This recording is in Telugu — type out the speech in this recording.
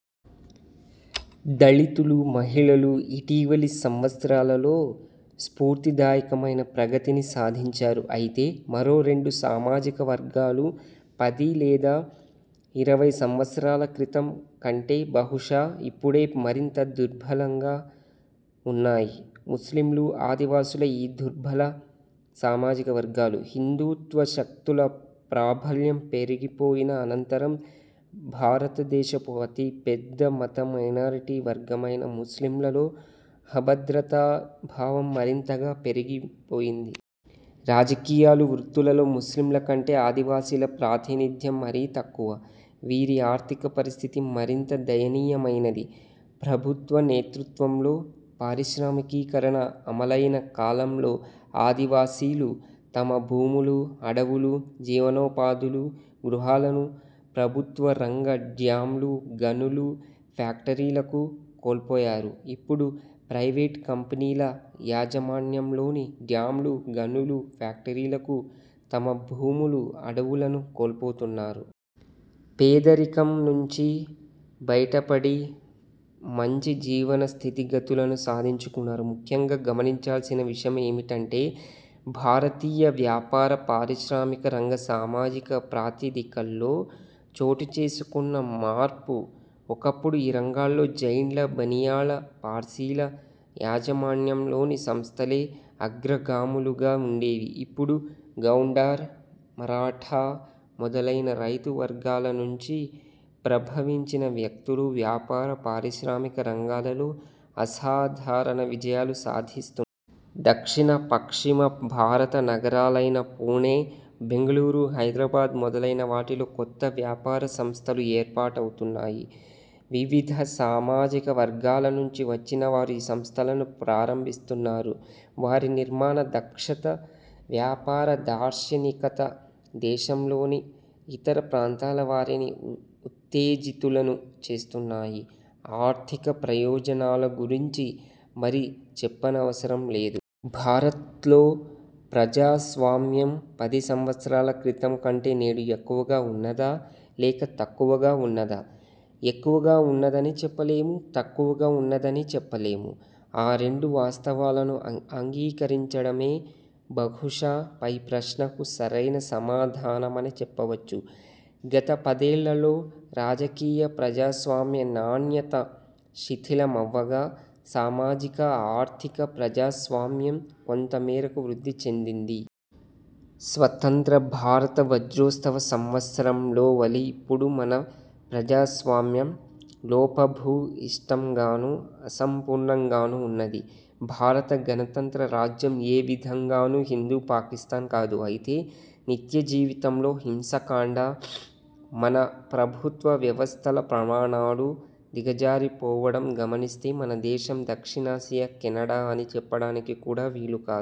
దళితులు, మహిళలు ఇటీవలి సంవత్సరాలలో స్ఫూర్తిదాయకమైన ప్రగతిని సాధించారు. అయితే మరో రెండు సామాజిక వర్గాలు పది లేదా ఇరవై సంవత్సరాల క్రితం కంటే బహుశా ఇప్పుడే మరింత దుర్భలంగా వున్నాయి. ముస్లింలు, ఆదివాసులే ఈ దుర్భల సామాజిక వర్గాలు. హిందూత్వ శక్తుల ప్రాబల్యం పెరిగిపోయిన అనంతరం భారతదేశపు అతి పెద్ద మత మైనారిటీ వర్గమైన ముస్లింలలో అభద్రతా భావం మరింతగా పెరిగిపోయింది. రాజకీయాలు, వృత్తులలో ముస్లింల కంటే ఆదివాసీల ప్రాతినిధ్యం మరీ తక్కువ. వీరి ఆర్థిక పరిస్థితి మరింత దయనీయమైనది. ప్రభుత్వ నేతృత్వంలో పారిశ్రామికీకరణ అమలయిన కాలంలో ఆదివాసీలు తమ భూములు, అడవులు, జీవనోపాధులు, గృహాలను ప్రభుత్వరంగ డ్యామ్లు, గనులు, ఫ్యాక్టరీలకు కోల్పోయారు; ఇప్పుడు ప్రైవేట్ కంపెనీల యాజమాన్యంలోని డ్యామ్లు, గనులు, ఫ్యాక్టరీలకు తమ భూములు, అడవులను కోల్పోతున్నారు. పేదరికం నుంచి బయటపడి మంచి జీవన స్థితిగతులను సాధించుకున్నారు. ముఖ్యంగా గమనించాల్సిన విషయమేమిటంటే భారతీయ వ్యాపార పారిశ్రామిక రంగ సామాజిక ప్రాతిదికల్లో చోటుచేసుకున్న మార్పు. ఒకప్పుడు ఈ రంగాల్లో జైన్ల, బనియాల, పార్సీల యాజమాన్యంలోని సంస్థలే అగ్రగాములుగా వుండేవి. ఇప్పుడు గౌండార్, మరాఠా మొదలైన రైతు వర్గాల నుంచి ప్రభవించిన వ్యక్తులు వ్యాపార, పారిశ్రామిక రంగాలలో అసాధారణ విజయాలు సాధిస్తున్నారు. దక్షిణ, పశ్చిమ భారత నగరాలైన పూణే, బెంగళూరు, హైదరాబాద్ మొదలైన వాటిలో కొత్త వ్యాపారసంస్థలు ఏర్పాటవుతున్నాయి. వివిధ సామాజిక వర్గాల నుంచి వచ్చిన వారు ఈ సంస్థలను ప్రారంభిస్తున్నారు. వారి నిర్మాణ దక్షత, వ్యాపార దార్శనికత దేశంలోని ఇతర ప్రాంతాల వారిని ఉత్తేజితులను చేస్తున్నాయి. ఆర్థిక ప్రయోజనాల గురించి మరి చెప్పనవసరం లేదు. భారత్లో ప్రజాస్వామ్యం పది సంవత్సరాల క్రితం కంటే నేడు ఎక్కువగా వున్నదా? లేక తక్కువగా వున్నదా? ఎక్కువగా వున్నదనీ చెప్పలేము. తక్కువగా వున్నదనీ చెప్పలేము. ఆ రెండు వాస్తవాలను ఆంగీకరించడమే బహుశా పై ప్రశ్నకు సరైన సమాధానమని చెప్పవచ్చు. గత పదేళ్ళలో రాజకీయ ప్రజాస్వామ్య నాణ్యత శిథిలమవ్వగా సామాజిక, ఆర్థిక ప్రజాస్వామ్యం కొంతమేరకు వృద్ధి చెందింది. స్వతంత్ర భారత వజ్రోత్సవ సంవత్సరం లో వలే ఇప్పుడూ మన ప్రజాస్వామ్యం లోపభూయిష్టంగానూ, అసంపూర్ణంగానూ వున్నది. భారత గణతంత్ర రాజ్యం ఏ విధంగాను హిందూ పాకిస్థాన్ కాదు. అయితే నిత్యజీవితంలో హింసాకాండ, మన ప్రభుత్వవ్యవస్థల ప్రమాణాలు దిగజారిపోవడం గమనిస్తే మన దేశం దక్షిణాసియా కెనడా అని చెప్పడానికి కూడా వీలుకాదు.।